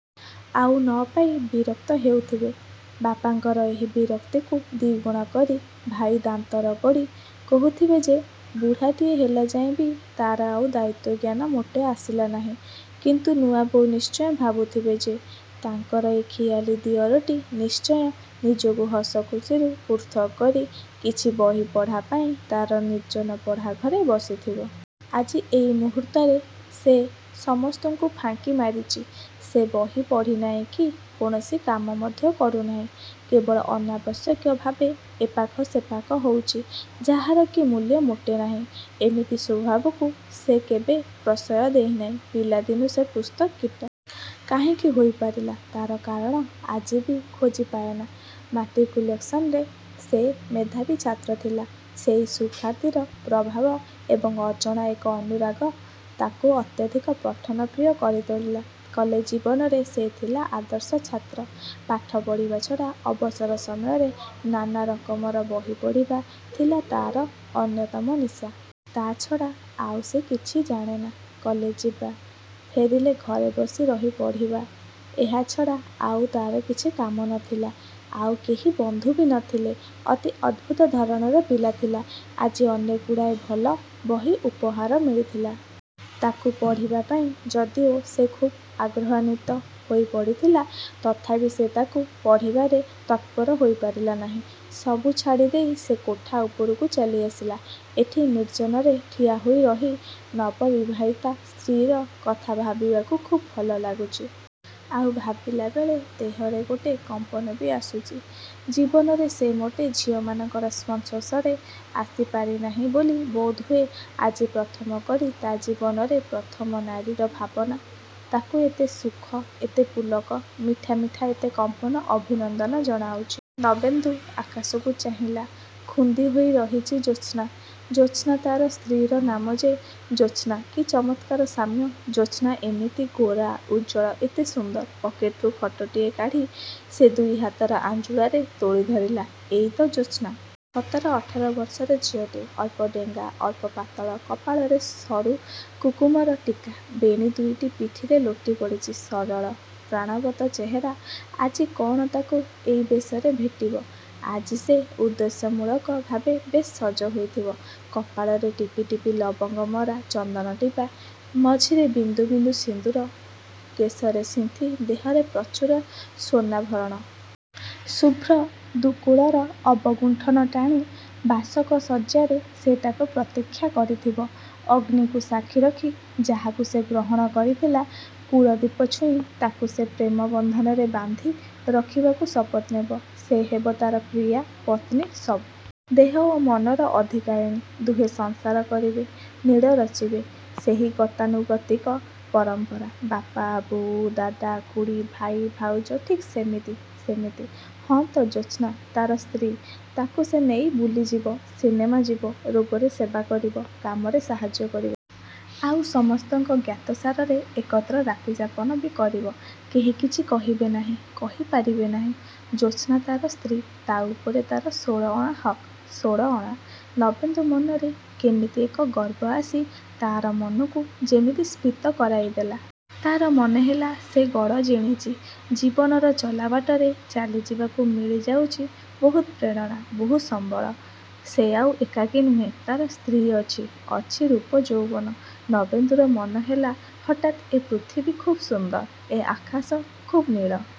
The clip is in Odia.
ଆଉ ନ ପାଇ ବିରକ୍ତ ହେଉଥିବେ। ବାପାଙ୍କର ଏହି ବିରକ୍ତିକୁ ଦ୍ଵିଗୁଣ କରି ଭାଇ ଦାନ୍ତରଗଡ଼ି କହୁଥିବେ ଯେ, ବୁଢ଼ାଟିଏ ହେଲାଯାଏ ବି ତାର ଆଉ ଦାୟିତ୍ଵଜ୍ଞାନ ମୋଟେ ଆସିଲା ନାହିଁ। କିନ୍ତୁ ନୂଆବୋଉ ନିଶ୍ଚୟ ଭାବୁଥିବେ ଯେ, ତାଙ୍କର ଏ ଖିଆଲୀ ଦିଅରଟି ନିଶ୍ଚୟ ନିଜକୁ ହସଖୁସିରୁ ପୃଥକ୍ କରି, କିଛି ବହି ପଢ଼ା ପାଇଁ ତା'ର ନିର୍ଜନ ପଢ଼ାଘରେ ବସିଥିବ। ଆଜି, ଏଇ ମୁହୂର୍ତ୍ତରେ ସେ ସମସ୍ତଙ୍କୁ ଫାଙ୍କି ମାରିଚି। ସେ ବହି ପଢ଼ିନାହିଁ କି କୌଣସି କାମ ମଧ୍ୟ କରୁନାହିଁ। କେବଳ ଅନାବଶ୍ୟକ ଭାବେ ଏପାଖ ସେପାଖ ହଉଚି, ଯାହାର କି ମୂଲ୍ୟ ମୋଟେ ନାହିଁ। ଏମିତି ସ୍ଵଭାବକୁ ସେ କେବେ ପ୍ରଶ୍ରୟ ଦେଇନାହିଁ। ପିଲାଦିନୁ ସେ ପୁସ୍ତକ କୀଟ। କାହିଁକି ହୋଇ ପାରିଲା, ତା'ର କାରଣ ଆଜି ବି ଖୋଜି ପାଏନା। ମାଟ୍ରିକ୍ୟୁଲେସନ୍‌ରେ ସେ ମେଧାବୀ ଛାତ୍ର ଥିଲା। ସେଇ ସୁଖ୍ୟାତିର ପ୍ରଭାବ ଏବଂ ଅଜଣା ଏକ ଅନୁରାଗ ତାକୁ ଅତ୍ୟଧିକ ପଠନପ୍ରିୟ କରି ତୋଳିଲା। କଲେଜ ଜୀବନରେ ସେ ଥିଲା ଆଦର୍ଶ ଛାତ୍ର ପାଠ ପଢ଼ିବା ଛଡ଼ା ଅବସର ସମୟରେ ନାନାରକମର ବହି ପଢ଼ିବା ଥିଲା ତାର ଅନ୍ୟତମ ନିଶା। ତା' ଛଡ଼ା ଆଉ ସେ କିଛି ଜାଣେ ନା। କଲେଜ ଯିବା, ଫେରିଲେ ଘରେ ବସି ରହି ପଢ଼ିବା, ଏହାଛଡ଼ା ଆଉ ତାର କିଛି କାମ ନ ଥିଲା। ଆଉ କେହି ବନ୍ଧୁ ବି ନ ଥିଲେ। ଅତି ଅଦ୍ଭୁତ ଧରଣର ପିଲା ଥିଲା। ଆଜି ଅନେକଗୁଡ଼ାଏ ଭଲ ବହି ଉପହାର ମିଳିଥିଲା। ତାକୁ ପଢ଼ିବା ପାଇଁ ଯଦିଓ ସେ ଖୁବ୍ ଆଗ୍ରହାନ୍ୱିତ ହୋଇ ପଡ଼ିଥିଲା, ତଥାପି ସେ ତାକୁ ପଢ଼ିବାରେ ତତ୍ପର ହୋଇ ପାରିଲା ନାହିଁ। ସବୁ ଛାଡ଼ି ଦେଇ ସେ କୋଠା ଉପରକୁ ଚାଲିଆସିଲା। ଏଠି ନିର୍ଜନରେ ଠିଆ ହୋଇ ରହି, ନବବିବାହିତା ସ୍ତ୍ରୀର କଥା ଭାବିବାକୁ ଖୁବ୍ ଭଲ ଲାଗୁଚି। ଆଉ ଭାବିଲାବେଳେ ଦେହରେ ଗୋଟେ କମ୍ପନ ବି ଆସୁଚି। ଜୀବନରେ ସେ ମୋଟେ ଝିଅମାନଙ୍କର ସଂସ୍ପର୍ଶରେ ଆସି ପାରିନାହିଁ ବୋଲି ବୋଧହୁଏ, ଆଜି ପ୍ରଥମ କରି ତା' ଜୀବନରେ ପ୍ରଥମ ନାରୀର ଭାବନା। ତାକୁ ଏତେ ସୁଖ, ଏତେ ପୁଲକ, ମିଠା ମିଠା ଏତେ କମ୍ପନ, ଅଭିନନ୍ଦନ ଜଣାଉଛି। ନବେନ୍ଦୁ ଆକାଶକୁ ଚାହିଁଲା ,ଖୁନ୍ଦି ହୋଇ ରହିଛି ଜ୍ୟୋତ୍ସ୍ନା! ଜ୍ୟୋତ୍ସ୍ନା ତା'ର ସ୍ତ୍ରୀର ନାମ ଯେ ଜ୍ୟୋତ୍ସ୍ନା ,କି ଚମତ୍କାର ସାମ୍ୟ? ଜ୍ୟୋତ୍ସ୍ନା ଏମିତି ଗୋରା, ଉଜ୍ଜ୍ୱଳ, ଏତେ ସୁନ୍ଦର? ପକେଟରୁ ଫଟୋଟିଏ କାଢ଼ି ସେ ଦୁଇ ହାତର ଆଞ୍ଜୁଳାରେ ତୋଳି ଧରିଲା। ଏଇ ତ ଜ୍ୟୋତ୍ସ୍ନା! ସତର ଅଠର ବର୍ଷର ଝିଅଟିଏ। ଅଳ୍ପ ଡେଙ୍ଗା, ଅଳ୍ପ ପାତଳ, କପାଳରେ ସରୁ କୁଙ୍କୁମର ଟୀକା। ବେଣୀ ଦୁଇଟି ପିଠିରେ ଲୋଟିପଡ଼ିଚି। ସରଳ, ପ୍ରାଣବନ୍ତ ଚେହେରା ଆଜି କ'ଣ ତାକୁ ଏଇ ବେଶରେ ଭେଟିବ? ଆଜି ସେ ଉଦ୍ଦେଶ୍ୟମୂଳକ ଭାବେ ବେଶ୍ ସଜ ହୋଇଥିବ। କପାଳରେ ଟିପି ଟିପି ଲବଙ୍ଗମରା ଚନ୍ଦନଟିପା, ମଝିରେ ବିନ୍ଦୁ ବିନ୍ଦୁ ସିନ୍ଦୂର, କେଶରେ ସିନ୍ଥି, ଦେହରେ ପ୍ରଚୁର ସ୍ଵର୍ଣ୍ଣାଭରଣ। ଶୁଭ୍ର ଦୁକୁଳର ଅବଗୁଣ୍ଠନ ଟାଣି, ବାସକ ଶଯ୍ୟାରେ ସେ ତାକୁ ପ୍ରତୀକ୍ଷା କରିଥିବ। ଅଗ୍ନିକୁ ସାକ୍ଷୀ ରଖି ଯାହାକୁ ସେ ଗ୍ରହଣ କରିଥିଲା, କୂଳଦୀପ ଛୁଇଁ ତାକୁ ସେ ପ୍ରେମ ବନ୍ଧନରେ ବାନ୍ଧି ରଖିବାକୁ ଶପଥ ନେବ। ସେ ହେବ ତାର ପ୍ରିୟା, ପତ୍ନୀ, ସବୁ। ଦେହ ଓ ମନର ଅଧିକାରିଣୀ। ଦୁହେଁ ସଂସାର କରିବେ, ନୀଡ଼ ରଚିବେ। ସେହି ଗତାନୁଗତିକ ପରମ୍ପରା। ବାପା, ବୋଉ, ଦାଦା, ଖୁଡ଼ୀ, ଭାଇ, ଭାଉଜ ଠିକ୍ ସେମିତି, ସେମିତି? ହଁ ତ, ଜ୍ୟୋତ୍ସ୍ନା ତାର ସ୍ତ୍ରୀ ତାକୁ ସେ ନେଇ ବୁଲିଯିବ, ସିନେମା ଯିବ, ରୋଗରେ ସେବା କରିବ, କାମରେ ସାହାଯ୍ୟ କରିବ। ଆଉ ସମସ୍ତଙ୍କ ଜ୍ଞାତସାରରେ ଏକତ୍ର ରାତ୍ରିଯାପନ ବି କରିବ। କେହି କିଛି କହିବେ ନାହିଁ, କହି ପାରିବେ ନାହିଁ। ଜ୍ୟୋତ୍ସ୍ନା ତା'ର ସ୍ତ୍ରୀ! ତା' ଉପରେ ତାର ଷୋଳ ଅଣା ହକ୍, ଷୋଳ ଅଣା! ନବେନ୍ଦୁ ମନରେ କେମିତି ଏକ ଗର୍ବ ଆସି ତାର ମନକୁ ଯେମିତି ସ୍ଫୀତ କରାଇ ଦେଲା। ତାର ମନେହେଲା ସେ ଗଡ଼ ଜିଣିଚି। ଜୀବନର ଚଲାବାଟରେ ଚାଲିଯିବାକୁ ମିଳିଯାଉଚି ବହୁତ ପ୍ରେରଣା, ବହୁତ ସମ୍ବଳ। ସେ ଆଉ ଏକାକୀ ନୁହେଁ! ତାର ସ୍ତ୍ରୀ ଅଛି! ଅଛି ରୂପ ଯୌବନ। ନବେନ୍ଦୁର ମନେହେଲା ହଠାତ୍, ଏ ପୃଥିବୀ ଖୁବ୍ ସୁନ୍ଦର। ଏ ଆକାଶ ଖୁବ୍ ନୀଳ!